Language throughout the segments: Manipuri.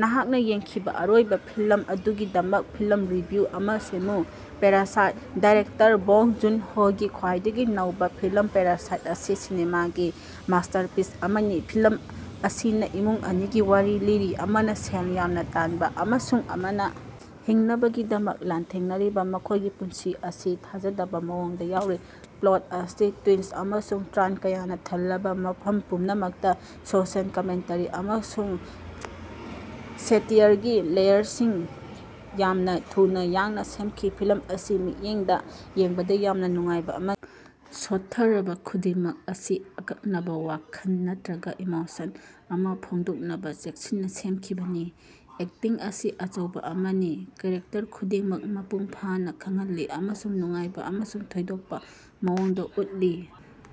ꯅꯍꯥꯛꯅꯥ ꯌꯦꯡꯈꯤꯕꯥ ꯑꯔꯣꯏꯕꯥ ꯐꯤꯂꯝ ꯑꯗꯨꯒꯤꯗꯃꯛ ꯐꯤꯂꯝ ꯔꯤꯚꯤꯌꯨ ꯑꯃꯥ ꯁꯦꯝꯃꯨ꯫ ꯄꯦꯔꯥꯁꯥꯏꯠ꯫ ꯗꯥꯏꯔꯦꯛꯇꯔ ꯕꯣꯡ ꯖꯨꯟ-ꯍꯣꯒꯤ ꯈ꯭ꯋꯥꯏꯗꯒꯤ ꯅꯧꯕꯥ ꯐꯤꯂꯝ ꯄꯦꯔꯥꯁꯥꯏꯠ ꯑꯁꯤ ꯁꯤꯅꯦꯃꯥꯒꯤ ꯃꯥꯁ꯭ꯇꯔꯄꯤꯁ ꯑꯃꯅꯤ꯫ ꯐꯤꯂꯝ ꯑꯁꯤꯅ ꯏꯃꯨꯡ ꯑꯅꯤꯒꯤ ꯋꯥꯔꯤ ꯂꯤꯔꯤ ꯑꯃꯅ ꯁꯦꯜ ꯌꯥꯝꯅ ꯇꯥꯟꯕ ꯑꯃꯁꯨꯡ ꯑꯃꯅ ꯍꯤꯡꯅꯕꯒꯤꯗꯃꯛ ꯂꯥꯟꯊꯦꯡꯅꯔꯤꯕ ꯃꯈꯣꯢꯒꯤ ꯄꯨꯟꯁꯤ ꯑꯁꯤ ꯊꯥꯖꯗꯕ ꯃꯑꯣꯡꯗ ꯌꯥꯎꯔꯤ꯫ ꯄ꯭ꯂꯣꯠ ꯑꯁꯤ ꯇ꯭ꯌꯨꯏꯁ ꯑꯃꯁꯨꯡ ꯇꯔꯟ ꯀꯌꯥꯅ ꯊꯜꯂꯕ ꯃꯐꯝ ꯄꯨꯝꯅꯃꯛꯇ ꯁꯣꯁꯤꯌꯦꯜ ꯀꯃꯦꯟꯇꯔꯤ ꯑꯃꯁꯨꯡ ꯁꯦꯇꯤꯌꯔꯒꯤ ꯂꯦꯌꯔꯁꯤꯡ ꯌꯥꯝꯅꯥ ꯊꯨꯅꯥ ꯌꯥꯡꯅꯥ ꯁꯦꯝꯈꯤ꯫ ꯐꯤꯂꯝ ꯑꯁꯤ ꯃꯤꯠꯌꯦꯡꯗ ꯌꯦꯡꯕꯗ ꯌꯥꯝꯅ ꯅꯨꯡꯉꯥꯏꯕ ꯑꯃꯅꯤ ꯁꯣꯠꯊꯔꯕ ꯈꯨꯗꯤꯡꯃꯛ ꯑꯁꯤ ꯑꯀꯛꯅꯕ ꯋꯥꯈꯜ ꯅꯠꯇ꯭ꯔꯒ ꯏꯃꯣꯁꯟ ꯑꯃ ꯐꯣꯡꯗꯣꯛꯅꯕ ꯆꯦꯛꯁꯤꯟꯅꯥ ꯁꯦꯝꯈꯤꯕꯅꯤ꯫ ꯑꯦꯛꯇꯤꯡ ꯑꯁꯤ ꯑꯆꯧꯕꯥ ꯑꯃꯅꯤ ꯀꯦꯔꯦꯛꯇꯔ ꯈꯨꯗꯤꯡꯃꯛ ꯃꯄꯨꯡ ꯐꯥꯅ ꯈꯪꯍꯜꯂꯤ ꯑꯃꯁꯨꯡ ꯅꯨꯡꯉꯥꯏꯕ ꯑꯃꯁꯨꯡ ꯊꯣꯏꯗꯣꯛꯄ ꯃꯑꯣꯡꯗ ꯎꯠꯂꯤ꯫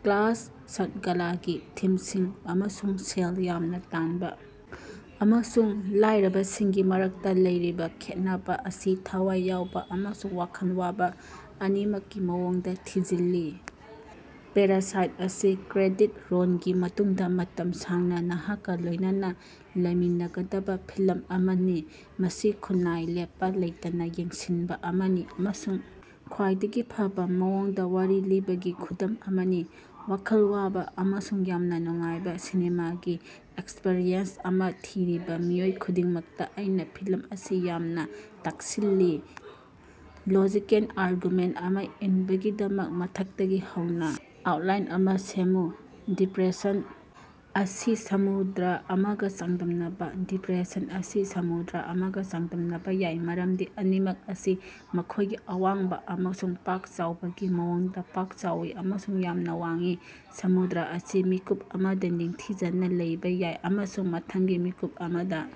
ꯀ꯭ꯂꯥꯁ ꯁ꯭ꯠꯔꯒꯂꯒꯤ ꯊꯤꯝꯁꯤꯡ ꯑꯃꯁꯨꯡ ꯁꯦꯜ ꯌꯥꯝꯅ ꯇꯥꯟꯕꯥ ꯑꯃꯁꯨꯡ ꯂꯥꯢꯔꯕꯁꯤꯡꯒꯤ ꯃꯔꯛꯇ ꯂꯩꯔꯤꯕ ꯈꯦꯠꯅꯕ ꯑꯁꯤ ꯊꯋꯥꯏ ꯌꯥꯎꯕ ꯑꯃꯁꯨꯡ ꯋꯥꯈꯜ ꯋꯥꯕ ꯑꯅꯤꯃꯛꯀꯤ ꯃꯑꯣꯡꯗ ꯊꯤꯖꯤꯜꯂꯤ꯫ ꯄꯦꯔꯥꯁꯥꯏꯠ ꯑꯁꯤ ꯀ꯭ꯔꯦꯗꯤꯠ ꯔꯣꯜꯒꯤ ꯃꯇꯨꯡꯗ ꯃꯇꯝ ꯁꯥꯡꯅ ꯅꯍꯥꯛꯀ ꯂꯣꯢꯅꯅꯥ ꯂꯩꯃꯤꯟꯅꯒꯗꯕꯥ ꯐꯤꯂꯝ ꯑꯃꯅꯤ꯫ ꯃꯁꯤ ꯈꯨꯟꯅꯥꯏ ꯂꯦꯞꯄꯥ ꯂꯩꯇꯅꯥ ꯌꯦꯡꯁꯤꯟꯕ ꯑꯃꯅꯤ ꯑꯃꯁꯨꯡ ꯈ꯭ꯋꯥꯏꯗꯒꯤ ꯐꯕ ꯃꯑꯣꯡꯗ ꯋꯥꯔꯤ ꯂꯤꯕꯒꯤ ꯈꯨꯗꯝ ꯑꯃꯅꯤ꯫ ꯋꯥꯈꯜ ꯋꯥꯕ ꯑꯃꯁꯨꯡ ꯌꯥꯝꯅ ꯅꯨꯡꯉꯥꯏꯕ ꯁꯤꯅꯦꯃꯥꯒꯤ ꯑꯦꯛꯁꯄꯔꯤꯌꯦꯟꯁ ꯑꯃ ꯊꯤꯔꯤꯕꯥ ꯃꯤꯑꯣꯏ ꯈꯨꯗꯤꯡꯃꯛꯇ ꯑꯩꯅꯥ ꯐꯤꯂꯝ ꯑꯁꯤ ꯌꯥꯝꯅ ꯇꯛꯁꯤꯜꯂꯤ꯫ ꯂꯣꯖꯤꯀꯦꯜ ꯑꯥꯔꯒꯨꯃꯦꯟꯇ ꯑꯃ ꯏꯟꯕꯒꯤꯗꯃꯛ ꯃꯊꯛꯇꯒꯤ ꯍꯧꯅꯥ ꯑꯥꯎꯇꯂꯥꯏꯟ ꯑꯃꯥ ꯁꯦꯝꯃꯨ꯫ ꯗꯤꯄ꯭ꯔꯦꯁꯟ ꯑꯁꯤ ꯁꯃꯨꯗ꯭ꯔ ꯑꯃꯒ ꯆꯥꯡꯗꯝꯅꯕꯥ꯫ ꯗꯤꯄ꯭ꯔꯦꯁꯟ ꯑꯁꯤ ꯁꯃꯨꯗ꯭ꯔ ꯑꯃꯒ ꯆꯥꯡꯗꯝꯅꯕꯥ ꯌꯥꯏ ꯃꯔꯝꯗꯤ ꯑꯅꯤꯃꯛ ꯑꯁꯤ ꯃꯈꯣꯢꯒꯤ ꯑꯋꯥꯡꯕꯥ ꯑꯃꯁꯨꯡ ꯄꯥꯛ-ꯆꯥꯎꯕꯒꯤ ꯃꯑꯣꯡꯗ ꯄꯥꯛ-ꯆꯥꯎꯏ ꯑꯃꯁꯨꯡ ꯌꯥꯝꯅꯥ ꯋꯥꯡꯏ꯫ ꯁꯃꯨꯗ꯭ꯔ ꯑꯁꯤ ꯃꯤꯀꯨꯞ ꯑꯃꯗ ꯅꯤꯡꯊꯤꯖꯅ ꯂꯩꯕꯥ ꯌꯥꯏ ꯑꯃꯁꯨꯡ ꯃꯊꯪꯒꯤ ꯃꯤꯀꯨꯞ ꯑꯃꯗꯥ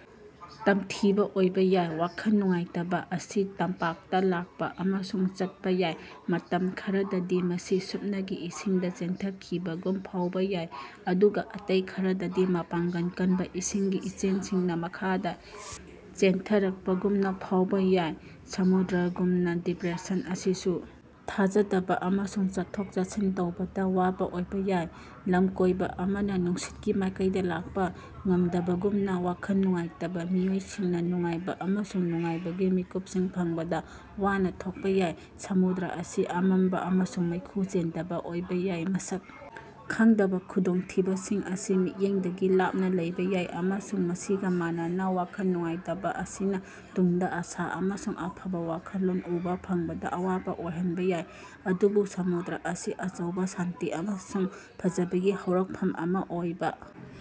ꯇꯝꯊꯤꯕ ꯑꯣꯏꯕꯥ ꯌꯥꯏ ꯋꯥꯈꯜ ꯅꯨꯡꯉꯥꯏꯇꯕ ꯑꯁꯤ ꯇꯝꯄꯥꯛꯇ ꯂꯥꯛꯄ ꯑꯃꯁꯨꯡ ꯆꯠꯄꯥ ꯌꯥꯏ꯫ ꯃꯇꯝ ꯈꯔꯗꯗꯤ ꯃꯁꯤ ꯁꯨꯞꯅꯒꯤ ꯏꯁꯤꯡꯗ ꯆꯦꯟꯊꯈꯤꯕꯒꯨꯝꯅ ꯐꯥꯎꯕ ꯌꯥꯏ ꯑꯗꯨꯒ ꯑꯇꯩ ꯈꯔꯗꯗꯤ ꯃꯄꯥꯡꯒꯜ ꯀꯟꯕ ꯏꯁꯤꯡꯒꯤ ꯏꯆꯦꯜꯁꯤꯡꯅ ꯃꯈꯥꯗ ꯆꯦꯟꯊꯔꯛꯄꯒꯨꯝꯅ ꯐꯥꯎꯕ ꯌꯥꯏ꯫ ꯁꯃꯨꯗ꯭ꯔꯒꯨꯝꯅ ꯗꯤꯄ꯭ꯔꯦꯁꯟ ꯑꯁꯤꯁꯨ ꯊꯥꯖꯗꯕ ꯑꯃꯁꯨꯡ ꯆꯠꯊꯣꯛ-ꯆꯠꯁꯤꯟ ꯇꯧꯕꯗ ꯋꯥꯕ ꯑꯣꯏꯕꯥ ꯌꯥꯏ꯫ ꯂꯝꯀꯣꯢꯕ ꯑꯃꯅ ꯅꯨꯡꯁꯤꯠꯀꯤ ꯃꯥꯏꯀꯩꯗ ꯂꯥꯛꯄ ꯉꯝꯗꯕꯒꯨꯝꯅ ꯋꯥꯈꯜ ꯅꯨꯡꯉꯥꯏꯇꯕ ꯃꯤꯑꯣꯏꯁꯤꯡꯅ ꯅꯨꯡꯉꯥꯏꯕ ꯑꯃꯁꯨꯡ ꯅꯨꯡꯉꯥꯏꯕꯒꯤ ꯃꯤꯀꯨꯞꯁꯤꯡ ꯐꯪꯕꯗ ꯋꯥꯅ ꯊꯣꯛꯄꯥ ꯌꯥꯏ꯫ ꯁꯃꯨꯗ꯭ꯔ ꯑꯁꯤ ꯑꯃꯝꯕ ꯑꯃꯁꯨꯡ ꯃꯩꯈꯨ ꯆꯦꯟꯗꯕ ꯑꯣꯏꯕꯥ ꯌꯥꯏ ꯃꯁꯛ ꯈꯪꯗꯕꯥ ꯈꯨꯗꯣꯡꯊꯤꯕꯁꯤꯡ ꯑꯁꯤ ꯃꯤꯠꯌꯦꯡꯗꯒꯤ ꯂꯥꯞꯅꯥ ꯂꯩꯕꯥ ꯌꯥꯏ ꯑꯃꯁꯨꯡ ꯃꯁꯤꯒꯥ ꯃꯥꯟꯅꯅ ꯋꯥꯈꯜ ꯅꯨꯡꯉꯥꯏꯇꯕꯥ ꯑꯁꯤꯅꯥ ꯇꯨꯡꯗꯥ ꯑꯥꯁꯥ ꯑꯃꯁꯨꯡ ꯑꯐꯕ ꯋꯥꯈꯜꯂꯣꯟ ꯎꯕꯥ ꯐꯪꯕꯗ ꯑꯋꯥꯕ ꯑꯣꯏꯍꯟꯕ ꯌꯥꯏ꯫ ꯑꯗꯨꯕꯨ ꯁꯃꯨꯗ꯭ꯔ ꯑꯁꯤ ꯑꯆꯧꯕ ꯁꯥꯟꯇꯤ ꯑꯃꯁꯨꯡ ꯐꯖꯕꯒꯤ ꯍꯧꯔꯛꯐꯝ ꯑꯃ ꯑꯣꯏꯕ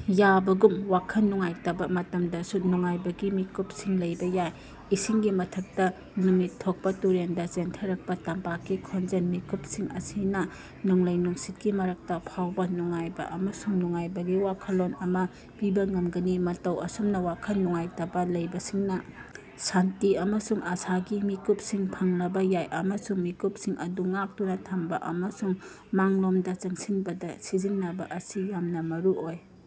ꯌꯥꯕꯒꯨꯝ ꯋꯥꯈꯜ ꯅꯨꯡꯉꯥꯏꯇꯕ ꯃꯇꯝꯗꯁꯨ ꯅꯨꯡꯉꯥꯏꯕꯒꯤ ꯃꯤꯀꯨꯞꯁꯤꯡ ꯂꯩꯕꯥ ꯌꯥꯏ꯫ ꯏꯁꯤꯡꯒꯤ ꯃꯊꯛꯇ ꯅꯨꯃꯤꯠ ꯊꯣꯛꯄꯥ ꯇꯨꯔꯦꯜꯗ ꯆꯦꯟꯊꯔꯛꯄ ꯇꯝꯄꯥꯛꯀꯤ ꯈꯣꯟꯖꯦꯜ- ꯃꯤꯀꯨꯞꯁꯤꯡ ꯑꯁꯤꯅ ꯅꯣꯡꯂꯩ-ꯅꯨꯡꯁꯤꯠꯀꯤ ꯃꯔꯛꯇ ꯐꯥꯎꯕ ꯅꯨꯡꯉꯥꯏꯕ ꯑꯃꯁꯨꯡ ꯅꯨꯡꯉꯥꯏꯕꯒꯤ ꯋꯥꯈꯜꯂꯣꯟ ꯑꯃꯥ ꯄꯤꯕꯥ ꯉꯝꯒꯅꯤ꯫ ꯃꯇꯧ ꯑꯁꯨꯝꯅꯥ ꯋꯥꯈꯜ ꯅꯨꯡꯉꯥꯏꯇꯕꯥ ꯂꯩꯕꯁꯤꯡꯅꯥ ꯁꯥꯟꯇꯤ ꯑꯃꯁꯨꯡ ꯑꯥꯁꯥꯒꯤ ꯃꯤꯀꯨꯞꯁꯤꯡ ꯐꯪꯂꯕꯥ ꯌꯥꯏ ꯑꯃꯁꯨꯡ ꯃꯤꯀꯨꯞꯁꯤꯡ ꯑꯗꯨ ꯉꯥꯛꯇꯨꯅ ꯊꯝꯕ ꯑꯃꯁꯨꯡ ꯃꯥꯡꯂꯣꯝꯗꯥ ꯆꯪꯁꯤꯟꯕꯗ ꯁꯤꯖꯤꯟꯅꯕ ꯑꯁꯤ ꯌꯥꯝꯅ ꯃꯔꯨꯑꯣꯏ꯫